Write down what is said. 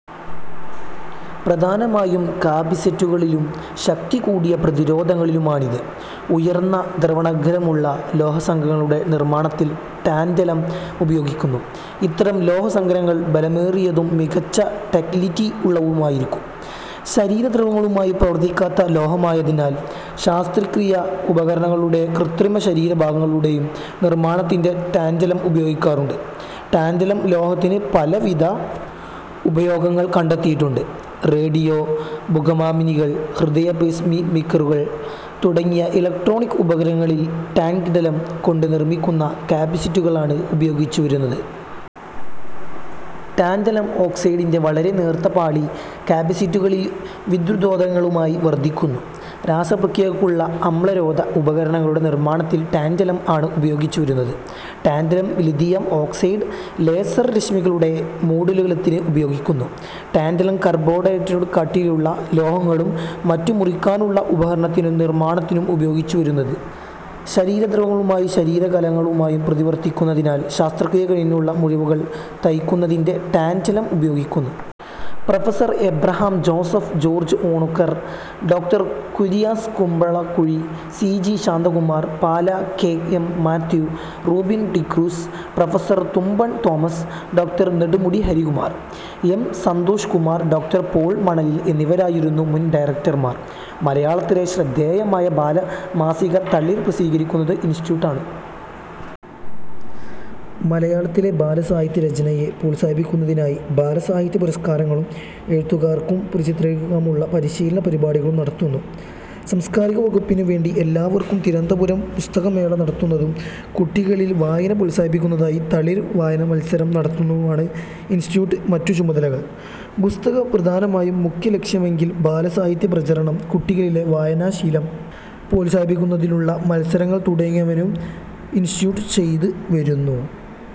പ്രധാനമായും കപ്പാസിറ്ററുകളിലും ശക്തികൂടിയ പ്രതിരോധകങ്ങളിലുമാണിത്. ഉയർന്ന ദ്രവണാങ്കമുള്ള ലോഹസങ്കരങ്ങളുടെ നിർമ്മാണത്തിൽ ടാന്റലം ഉപയോഗിക്കുന്നു. ഇത്തരം ലോഹസങ്കരങ്ങൾ ബലമേറിയതും മികച്ച ഡക്ടിലിറ്റി ഉള്ളവയുമായിരിക്കും. ശരീരദ്രവങ്ങളുമായി പ്രവർത്തിക്കാത്ത ലോഹമായതിനാൽ ശസ്ത്രക്രീയാ ഉപകരണങ്ങളുടേയും കൃത്രിമ ശരീര ഭാഗങ്ങളുടേയും നിർമ്മാണത്തിൽ ടാന്റലം ഉപയോഗികാറുണ്ട്. ടാന്റലം ലോഹത്തിന് പലവിധ ഉപയോഗങ്ങൾ കണ്ടെത്തിയിട്ടുണ്ട്. റേഡിയോ, പുകമാപിനികൾ, ഹൃദയപേസ്മേക്കറുകൾ തുടങ്ങിയ ഇലക്ട്രോണിക് ഉപകരണങ്ങളിൽ ടാൻടലം കൊണ്ട് നിർമ്മിക്കുന്ന കപ്പാസിറ്ററുകളാണ് ഉപയോഗിച്ചു വരുന്നത്. ടാന്റലം ഓക്സൈഡിന്റെ വളരെ നേർത്ത പാളി കപ്പാസിറ്ററുകളിൽ വിദ്യുത്രോധകങ്ങളായി വർത്തിക്കുന്നു. രാസപ്രക്രിയകൾക്കുള്ള അമ്ലരോധ ഉപകരണങ്ങളുടെ നിർമ്മാണത്തിന് ടാന്റലം ആണ് ഉപയോഗിച്ചു വരുന്നത്. ടാന്റലം-ലിഥിയം ഓക്സൈഡ് ലേസർ രശ്മികളുടെ മോഡുലനത്തിന് ഉപയോഗിക്കുന്നു. ടാന്റലം കാർബൈഡാകട്ടെ കട്ടിയുള്ള ലോഹങ്ങളും മറ്റും മുറിക്കാനുള്ള ഉപകരണങ്ങളുടെ നിർമ്മാണത്തിനാണ് ഉപയോഗിച്ചുവരുന്നത്. ശരീരദ്രാവകങ്ങളുമായും ശരീര കലകളുമായും പ്രതിപ്രവർത്തിക്കാത്തതിനാൽ ശസ്ത്രക്രിയ കഴിഞ്ഞുള്ള മുറിവുകൾ തയ്ക്കുന്നതിന് ടാന്റലം ഉപയോഗിക്കുന്നു. Prof. Abraham Joseph, George Onakkoor, ഡോ. Kurias Kumbalakuzhi, C. G. Shantakumar, Pala K. M. Mathew, Rubin D'Cruz, prof. Thumpamon Thomas, ഡോ. നെടുമുടി ഹരികുമാർ, എം സന്തോഷ് കുമാർ, ഡോ. പോൾ മണലിൽ എന്നിവരായിരുന്നു മുൻ ഡയറക്ടർമാർ. മലയാളത്തിലെ ശ്രദ്ധേയമായ ബാലമാസിക തളിര് പ്രസിദ്ധീകരിക്കുന്നതും ഇൻസ്റ്റിറ്റ്യൂട്ട് ആണ്. മലയാളത്തിലെ ബാലസാഹിത്യ രചനയെ പ്രോത്സാഹിപ്പിക്കുന്നതിനായി ബാലസാഹിത്യ പുരസ്കാരങ്ങളും എഴുത്തുകാർക്കും ചിത്രകാർക്കുമുള്ള പരിശീലന പരിപാടികളും നടത്തുന്നു. സാംസ്കാരിക വകുപ്പിനുവേണ്ടി എല്ലാവർഷവും തിരുവനന്തപുരം പുസ്തകമേള നടത്തുന്നതും കുട്ടികളിൽ വായന പ്രോത്സാഹിപ്പിക്കുന്നതിനായി തളിര് വായനാമത്സരം നടത്തുന്നതുമാണു് ഇൻസ്റ്റിറ്റ്യൂട്ടിന്റെ മറ്റു ചുമതലകൾ. പുസ്തകപ്രസാധനമാണ് മുഖ്യലക്ഷ്യമെങ്കിലും ബാലസാഹിത്യ പ്രചാരണം, കുട്ടികളിലെ വായനാശീലം പ്രോത്സാഹിപ്പിക്കുന്നതിനുള്ള മത്സരങ്ങൾ തുടങ്ങിയവയും ഇൻസ്റ്റിറ്റ്യൂട്ട് ചെയ്ത് വരുന്നു.